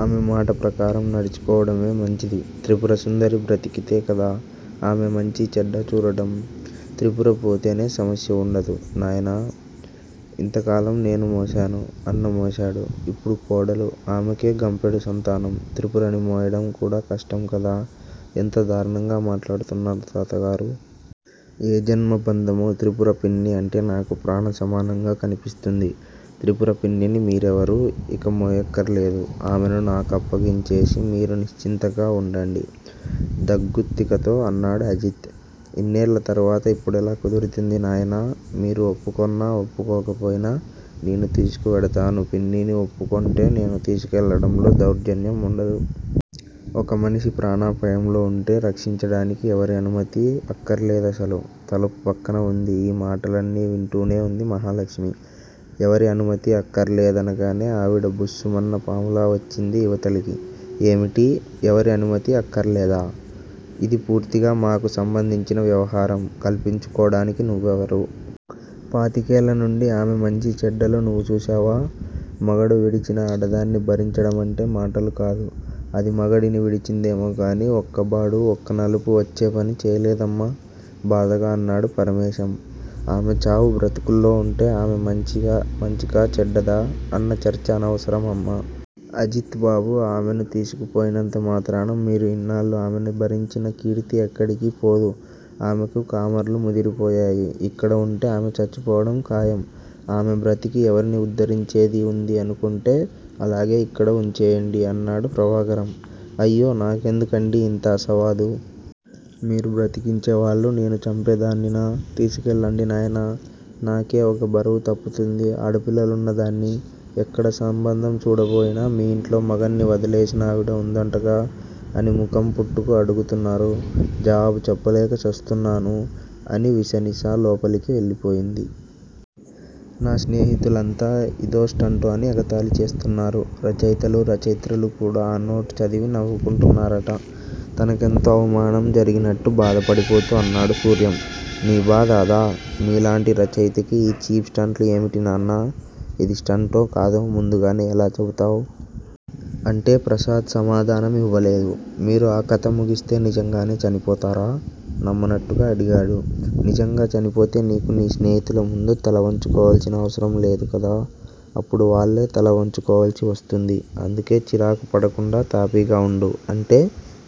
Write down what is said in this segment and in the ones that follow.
ఆమె మాట ప్రకారం నడుచుకోవడమే మంచిది. త్రిపుర సుందరి బ్రతికితే కదా ఆమె మంచి చెడ్డ చూడడం? త్రిపుర పోతేనే సమస్య ఉండదు, నాయనా! ఇంతకాలం నేను మోశాను! అన్న మోశాడు. ఇప్పుడు కోడలు ఆమెకే గంపెడు సంతానం! త్రిపురని మోయడం కూడా కష్టంకదా! ఎంత దారుణంగా మాట్లాడుతున్నారు, తాతగారూ? ఏ జన్మ బంధమో! త్రిపుర పిన్ని అంటే నాకు ప్రాణ సమానంగా కనిపిస్తుంది. త్రిపుర పిన్నిని మీరెవరూ ఇక మోయక్కరలేదు. ఆమెను నా కప్పగిం చేసి మీరు నిశ్చింతంగా ఉండండి! దగ్గుత్తికతో అన్నాడు అజిత్. ఇన్నేళ్ళ తరువాత ఇప్పుడెలా కుదురుతుంది, నాయనా? మీరు ఒప్పకొన్నా, ఒప్పకోకపోయినా నేను తిసుకువేడతాను పిన్నిని ఒప్పకోంటే నేను తిసికెళ్ళడం లో దౌర్జన్యం ఉండదు! ఒక మనిషి ప్రాణాపాయంలో ఉంటే రక్షించడానికి ఎవరి అనుమతి అక్కరలేదసలు! తలుపు ప్రక్కన ఉంది ఈ మాటలన్నీ వింటూనే ఉంది మహాలక్ష్మి. ఎవరి అనుమతి అక్కరలేదనగానే ఆవిడ బుస్సుమన్న పాములా వచ్చింది ఇవతలకి. ఏమిటి? ఎవరి అనుమతి అక్కరలేదా? ఇదిపూర్తిగా మాకు సంబందించిన వ్యవహారం! కల్పించుకోడానికి నువ్వెవరు? పాతికేళ్ళ నుండి ఆమె మంచి చెడ్డలు నువ్వు చూశావా? మగడు విడిచిన ఆడదాన్ని భరించడమంటే మాటలుకాదు! అది మగడిని విదిచిందేమో గాని ఒక్కబాడూ ఒక్క నలుపు వచ్చేపని చేయలేదమ్మ! బాధగా అన్నాడు పరమేశం. ఆమె చావు బ్రతుకుల్లో ఉంటే, ఆమె మంచికా చెడ్డదా అన్న చర్చ అనవసరం, అమ్మ! అజిత్ బాబు ఆమెను తీసుకుపోయినంత మాత్రాన మీరు ఇన్నాళ్ళు ఆమెను భరించిన కీర్తి ఎక్కడికి పోదు. ఆమెకు కామెర్లు ముదిరిపోయాయి. ఇక్కడ ఉంటే ఆమె చచ్చిపోవడం ఖయం! ఆమె బ్రతికి ఎవరిని ఉద్ధరించేది ఉంది అనుకొంటే అలాగే ఇక్కడ ఉంచేయండి! అన్నాడు ప్రభాకరం. అయ్యో! నాకేందుకండి ఇంత అసవాదు? మీరు బ్రతికించేవాళ్ళు నేను చంపేదాన్నినా? తిసికేళ్ళండి, నాయనా! నాకే ఒక బరువు తప్పు తుంది ఆడపిల్లలున్న దాన్ని! ఎక్కడ సంబంధం చూడబోయినా మీ ఇంట్లో మగణ్ని వదిలేసినావిడ ఉందంటగా? అని ముఖం పుట్టుకు అడుగుతున్నారు. జవాబు చెప్పలేక చస్తున్నాను! అని, విసనిసా లోపలికి వెళ్ళి పోయింది. నా స్నేహితులంతా ఇదో స్టంటు అని ఎగతాళి చేస్తున్నారు. రచయితలూ, రచయిత్రులూ కూడా ఆ నోట్ చదివి నవ్వుకుంటున్నారట! తనకెంతో అవమానం జరిగినట్టు బాధపడిపోతూ అన్నాడు సూర్యం. నీ బాధ అదా? మీలాంటి రచయితకి ఈ చీప్ స్టంట్సు ఏమిటి నాన్నా? ఇది స్టంటో కాదో ముందుగానే ఎలా చెబుతావ్? అంటే? ప్రసాద్ సమాధానం ఇవ్వలేదు. మీరు ఆ కథ ముగిస్తే నిజంగానే చనిపోతారా? నమ్మనట్టుగా అడిగాడు. నిజంగా చనిపోతే నీకు నీ స్నేహితుల ముందు తలవంచుకోవల్సిన అవసరంలేదు కదా? అప్పుడు వాళ్లే తల వంచుకోవల్సి వస్తుంది. అందుకే చిరాకుపడకుండా తాపీగా ఉండు. అంటే?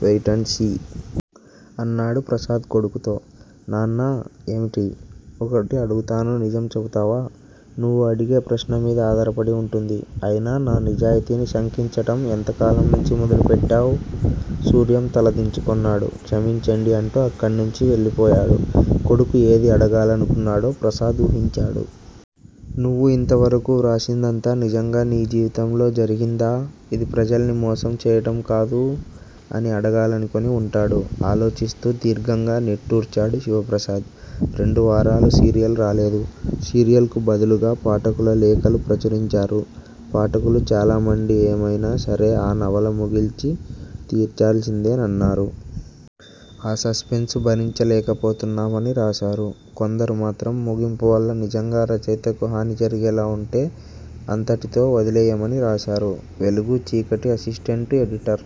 Wait and see! అన్నాడు ప్రసాద్ కొడుకుతో. నాన్నా! ఏమిటి? ఒకటి అడుగుతాను, నిజం చెబుతావా? నువ్వు అడిగే ప్రశ్నమీద ఆధారపడి ఉంటుంది. అయినా, నా నిజాయితీని శంకించడం ఎంతకాలం నుంచి మొదలుపెట్టావ్? సూర్యం తల దించుకొన్నాడు. క్షమించండి! అంటూ అక్కడ్నుంచి వెళ్ళిపోయాడు. కొడుకు ఏది అడగాలనుకొన్నాడో ప్రసాద్ ఊహించాడు. 'నువ్వు ఇంతవరకు వ్రాసిందంతా నిజంగా నీ జీవితంలో జరిగిందా? ఇది ప్రజల్ని మోసం చెయ్యడం కాదూ? ' అని అడగాలనుకొని ఉంటాడు. ఆలోచిస్తూ దీర్ఘంగా నిట్టూర్చాడు శివప్రసాద్. రెండు వారాలు సీరియల్ రాలేదు. సీరియల్ కు బదులుగా పాఠకుల లేఖలు ప్రచురించారు. పాఠకులు చాలా మండి ఏమైనా సరే ఆ నవల ముగించి తీరాల్సిందేనన్నారు. ఆ సస్పెన్సు భరించలేకపోతున్నామని రాశారు. కొందరు మాత్రం ముగింపువల్ల నిజంగా రచయితకు హాని జరిగేలా వుంటే అంతటితో వదిలెయ్యమని రాశారు. వెలుగు-చీకటి అసిస్టెంటు ఎడిటర్